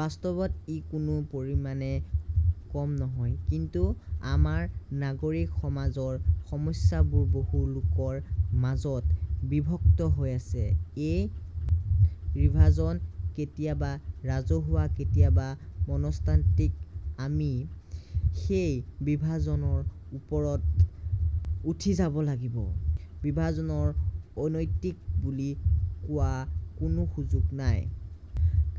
বাস্তৱত ই কোনো পৰিমাণে কম নহয়। কিন্তু আমাৰ নাগৰিক সমাজৰ সমস্যাবোৰ বহু লোকৰ মাজত বিভক্ত হৈ আছে। এই বিভাজন কেতিয়াবা ৰাজহুৱা, কেতিয়াবা মনস্তাত্ত্বিক। আমি সেই বিভাজনৰ ওপৰত উঠি যাব লাগিব। বিভাজনক অনৈতিক বুলি কোৱাৰ কোনো সুযোগ নাই।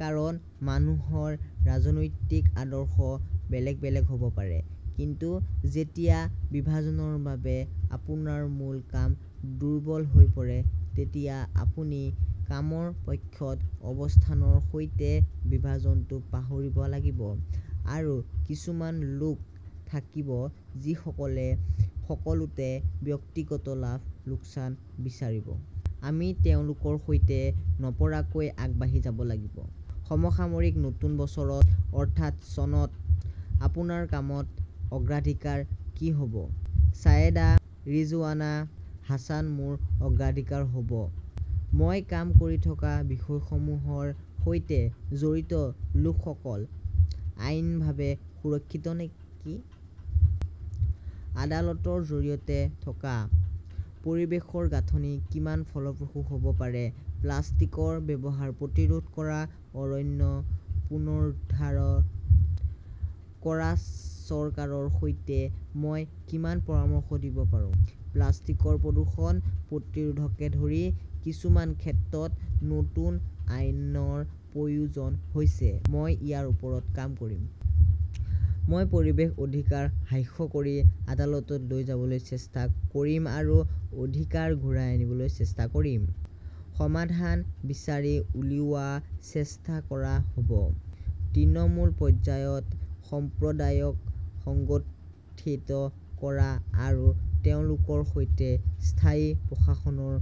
কাৰণ, মানুহৰ ৰাজনৈতিক আদৰ্শ বেলেগ বেলেগ হ ব পাৰে। কিন্তু যেতিয়া বিভাজনৰ বাবে আপোনাৰ মূল কাম দুৰ্বল হৈ পৰে, তেতিয়া আপুনি কামৰ পক্ষত অৱস্থানৰ সৈতে বিভাজনটো পাহৰিব লাগিব। আৰু কিছুমান লোক থাকিব, যিসকলে সকলোতে ব্যক্তিগত লাভ-লোকচান বিচাৰিব। আমি তেওঁলোকৰ সৈতে নপৰাকৈ আগবাঢ়ি যাব লাগিব। সমসাময়িক নতুন বছৰত, অৰ্থাৎ চনত আপোনাৰ কামৰ অগ্ৰাধিকাৰ কি হ 'ব ছায়েদা ৰিজৱানা হাছান মোৰ অগ্ৰাধিকাৰ হ 'ব মই কাম কৰি থকা বিষয়সমূহৰ সৈতে জড়িত লোকসকল আইনীভাৱে সুৰক্ষিত নেকি। আদালতৰ জৰিয়তে থকা পৰিৱেশৰ গাঁথনি কিমান ফলপ্ৰসূ হ’ব পাৰে। প্লাষ্টিকৰ ব্যৱহাৰ প্ৰতিৰোধ কৰা, অৰণ্য পুনৰুদ্ধাৰ কৰা-চৰকাৰৰ সৈতে মই কিমান পৰামৰ্শ দিব পাৰো। প্লাষ্টিকৰ প্ৰদূষণ প্ৰতিৰোধকে ধৰি কিছুমান ক্ষেত্ৰত নতুন আইনৰ প্ৰয়োজন হৈছে। মই ইয়াৰ ওপৰত কাম কৰিম। মই পৰিৱেশ অধিকাৰ হ্ৰাস্য কৰি আদালতত লৈ যাবলৈ চেষ্টা কৰিম আৰু অধিকাৰ ঘূৰাই আনিবলৈ চেষ্টা কৰিম। সমাধান বিচাৰি উলিওৱাৰ চেষ্টা কৰা হ’ব। তৃণমূল পৰ্যায়ত সম্প্ৰদায়ক সংগঠিত কৰা আৰু তেওঁলোকৰ সৈতে স্থায়ী প্ৰশাসনৰ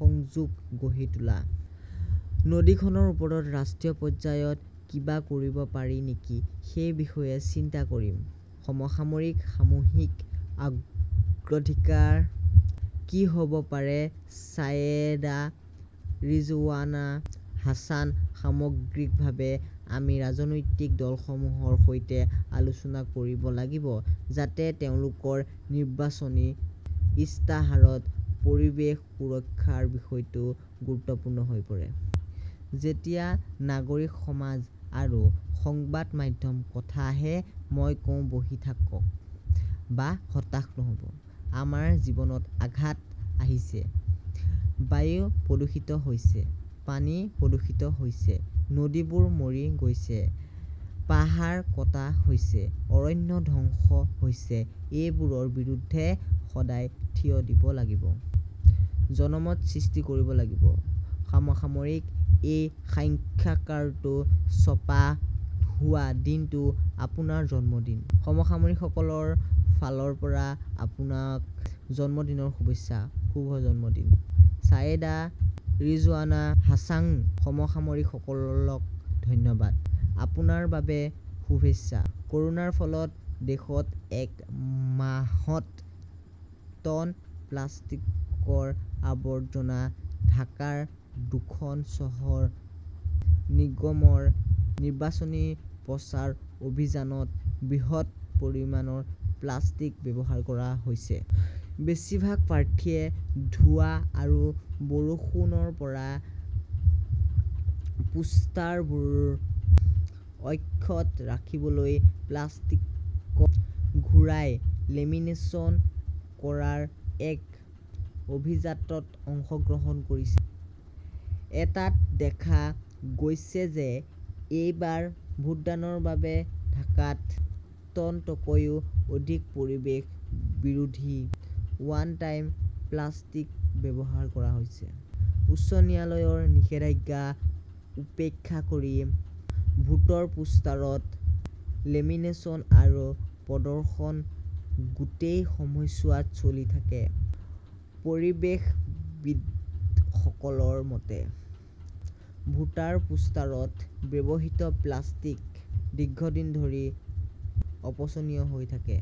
সংযোগ গঢ়ি তোলা। নদীখনৰ ওপৰত ৰাষ্ট্ৰীয় পৰ্যায়ত কিবা কৰিব পাৰি নেকি সেই বিষয়ে চিন্তা কৰিম। সমসাময়িক সামূহিক আগ্ৰধিকাৰ কি হ 'ব পাৰে ছায়েদা ৰিজৱানা হাছান সামগ্ৰিকভাৱে আমি ৰাজনৈতিক দলসমূহৰ সৈতে আলোচনা কৰিব লাগিব। যাতে তেওঁলোকৰ নিৰ্বাচনী ইস্তাহাৰত পৰিৱেশ সুৰক্ষাৰ বিষয়টো গুৰুত্বপূৰ্ণ হৈ পৰে। যেতিয়া নাগৰিক সমাজ আৰু সংবাদ মাধ্যমৰ কথা আহে, মই কওঁ, বহি থাকক বা হতাশ নহ 'ব। আমাৰ জীৱনত আঘাত আহিছে। বায়ু প্ৰদূষিত হৈছে, পানী প্ৰদূষিত হৈছে, নদীবোৰ মৰি গৈছে, পাহাৰ কটা হৈছে, অৰণ্য ধ্বংস হৈছে-এইবোৰৰ বিৰুদ্ধে সদায় থিয় দিব লাগিব। জনমত সৃষ্টি কৰিব লাগিব। সমসাময়িকঃ এই সাংক্ষাকাৰটো ছপা হোৱা দিনটো আপোনাৰ জন্মদিন। সমসাময়িকসকলৰ ফালৰ পৰা আপোনাক জন্মদিনৰ শুভেচ্ছা। শুভ জন্মদিন। ছায়েদা ৰিজৱানা হাছানঃ সমসাময়িকসকলক ধন্যবাদ। আপোনাৰ বাবেও শুভেচ্ছা। ক’ৰোনাৰ ফলত দেশত এক মাহত টন প্লাষ্টিকৰ আৱৰ্জনা ঢাকাৰ দুখন চহৰ নিগমৰ নিৰ্বাচনী প্ৰচাৰ অভিযানত বৃহৎ পৰিমাণৰ প্লাষ্টিক ব্যৱহাৰ কৰা হৈছে। বেছিভাগ প্ৰাৰ্থীয়ে ধোঁৱা আৰু বৰষুণৰ পৰা পোষ্টাৰবোৰ অক্ষত ৰাখিবলৈ প্লাষ্টিকত ঘূৰাই লেমিনেচন কৰাৰ এক অভিজাত ত অংশগ্ৰহণ কৰিছে। এটাত দেখা গৈছে যে এইবাৰ ভোটদানৰ বাবে ঢাকাত টনতকৈও অধিক পৰিৱেশ বিৰোধী 'ৱান টাইম "প্লাষ্টিক ব্যৱহাৰ কৰা হৈছে। উচ্চ ন্যায়ালয়ৰ নিষেধাজ্ঞা উপেক্ষা কৰি ভোটৰ পোষ্টাৰত লেমিনেচন আৰু প্ৰদৰ্শন গোটেই সময়ছোৱাত চলি থাকে। পৰিৱেশবিদসকলৰ মতে, ভোটাৰ পোষ্টাৰত ব্যৱহৃত প্লাষ্টিক দীৰ্ঘদিন ধৰি অপচনীয় হৈ থাকে।